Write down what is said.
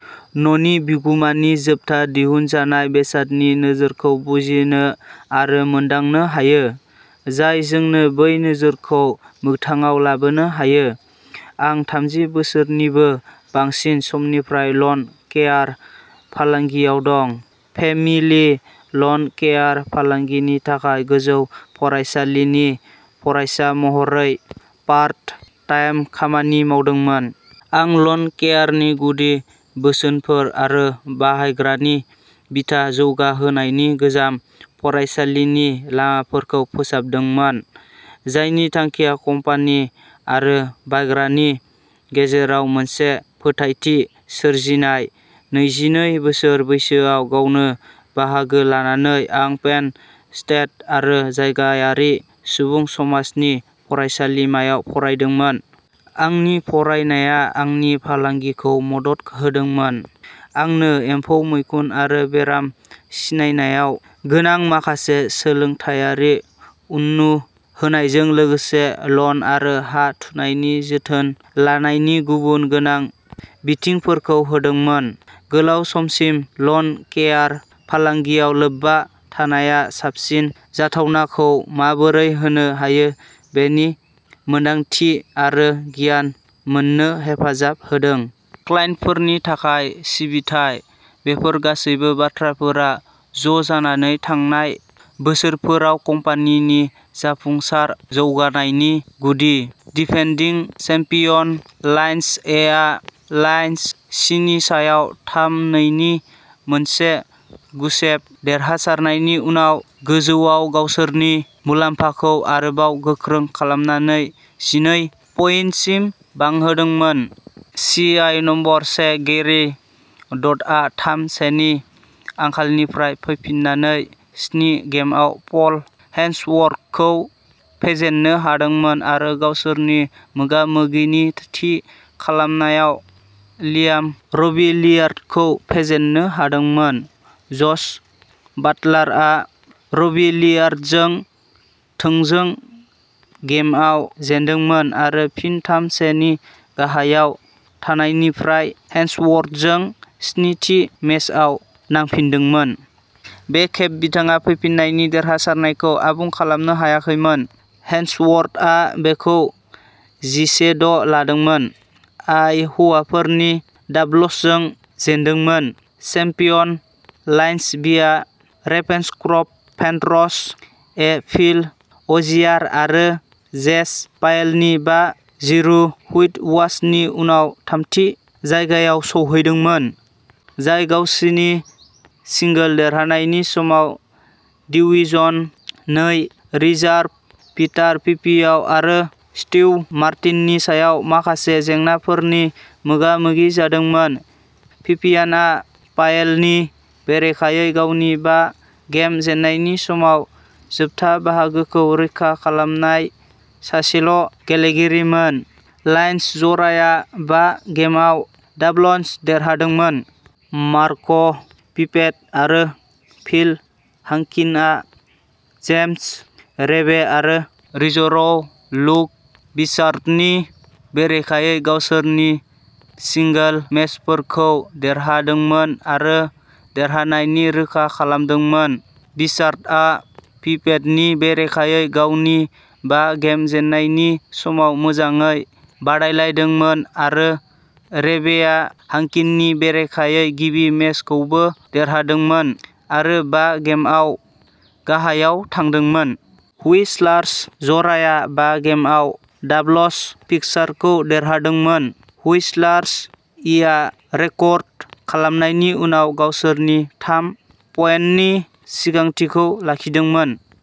न'नि बिगुमानि जोबथा दिहुनजानाय बेसादनि नोजोरखौ बुजिनो आरो मोनदांनो हायो। जाय जोंनो बै नोजोरखौ मोगथाङाव लाबोनो हायो। आं थामजि बोसोरनिबो बांसिन समनिफ्राय लन केयार फालांगियाव दं। फेमिलि लन केयार फालांगिनि थाखाय गोजौ फरायसालिनि फरायसा महरै पार्ट टाइम खामानि मावदोंमोन। आं लन केयारनि गुदि बोसोनफोर आरो बाहायग्रानि बिथा जौगाहोनायनि गोजाम फरायसालिनि लामाफोरखौ फोसाबदोंमोन। जायनि थांखिया कम्पानि आरो बायग्रानि गेजेराव मोनसे फोथायथि सोरजिनाय। नैजिनै बोसोर बैसोआव गावनो बाहागो लानानै आं पेन स्टेट आरो जायगायारि सुबुं समाजनि फरायसालिमायाव फरायदोंमोन। आंनि फरायनाया आंनि फालांगिखौ मदद होदोंमोन। आंनो एम्फौ, मैखुन आरो बेराम सिनायनायाव गोनां माखासे सोलोंथायारि उननु होनायजों लोगोसे लन आरो हा थुनायनि जोथोन लानायनि गुबुन गोनां बिथिंफोरखौ होदोंमोन। गोलाव समसिम लन केयार फालांगियाव लोब्बा थानाया साबसिन जाथावनाखौ माबोरै होनो हायो बेनि मोनदांथि आरो गियान मोन्नो हेफाजाब होदों। क्लाइन्टफोरनि थाखाय सिबिथाइ। बेफोर गासैबो बाथ्राफोरा ज'जानानै थांनाय बोसोरफोराव कम्पानिनि जाफुंसार जौगानायनि गुदि। डिफेन्दिं चेम्पियन लायन्स ए आ लायन्स सीनि सायाव थाम-नैनि मोनसे गुसेब देरहासारनायनि उनाव गोजौआव गावसोरनि मुलाम्फाखौ आरोबाव गोख्रों खालामनानै जिनै पइन्टसिम बांहोदोंमोन। सि आइ नम्बर से गेरि डडआ थाम सेनि आंखालनिफ्राय फैफिन्नानै स्नि गेमआव पल हेन्सवर्थखौ फेजेन्नो हादोंमोन आरो गावसोरनि मोगा-मोगिनि थि खालामनायाव लियाम रबिलियार्डखौ फेजेननो हादोंमोन। जश बाटलारआ र'बिलियार्डजों थोंजों गेमआव जेनदोंमोन आरो फिन थाम से नि गाहायाव थानायनिफ्राय हेन्सवर्थजों स्नि थि मेचआव नांफिनदोंमोन। बे खेब बिथाङा फैफिन्नायनि देरहासारनायखौ आबुं खालामनो हायाखैमोन। हेन्सवर्थआ बेखौ जिसे द’ लादोंमोन। आइ हौवाफोरनि डाबलसजों जेनदोंमोन। चेम्पियन। लायन्स बिआ रेभेन्सक्रफ्ट पेन्थर्स ए फिल अजियार आरो जेज पायेलनि बा जिरु हुइटवाशनि उनाव थामथि जायगायाव सौहैदोंमोन। जाय गावसिनि सिंगोल देरहानायनि समाव डिवीजन नै रिजार्भ पिटार पिपियाव आरो स्टीव मार्टिननि सायाव माखासे जेंनाफोरनि मोगा-मोगि जादोंमोन। पिपियानआ पायेलनि बेरेखायै गावनि बा गेम जेननायनि समाव जोबथा बाहागोखौ रैखा खालामनाय सासेल' गेलेगिरिमोन। लायन्स जराया बा गेमआव डाबलन्स देरहादोंमोन। मार्क पिपेट आरो फिल हांकिनआ जेम्स रेबे आरो रिजर्व लुक बिचार्डनि बेरेखायै गावसोरनि सिंगोल मेचफोरखौ देरहादोंमोन आरो देरहानायनि रोखा खालामदोंमोन। बिचार्डआ पिपेटनि बेरेखायै गावनि बा गेम जेननायनि समाव मोजाङै बादायलायदोंमोन आरो रेबेआ हांकिननि बेरेखायै गिबि मेचखौबो देरहादोंमोन आरो बा गेमआव गाहायाव थांदोंमोन। हुइस्लार्स जराया बा गेमआव डाबलस फिक्सारखौ देरहादोंमोन। हुइस्लार्स इआ रेकर्ड खालामनायनि उनाव गावसोरनि थाम पइन्टनि सिगांथिखौ लाखिदोंमोन।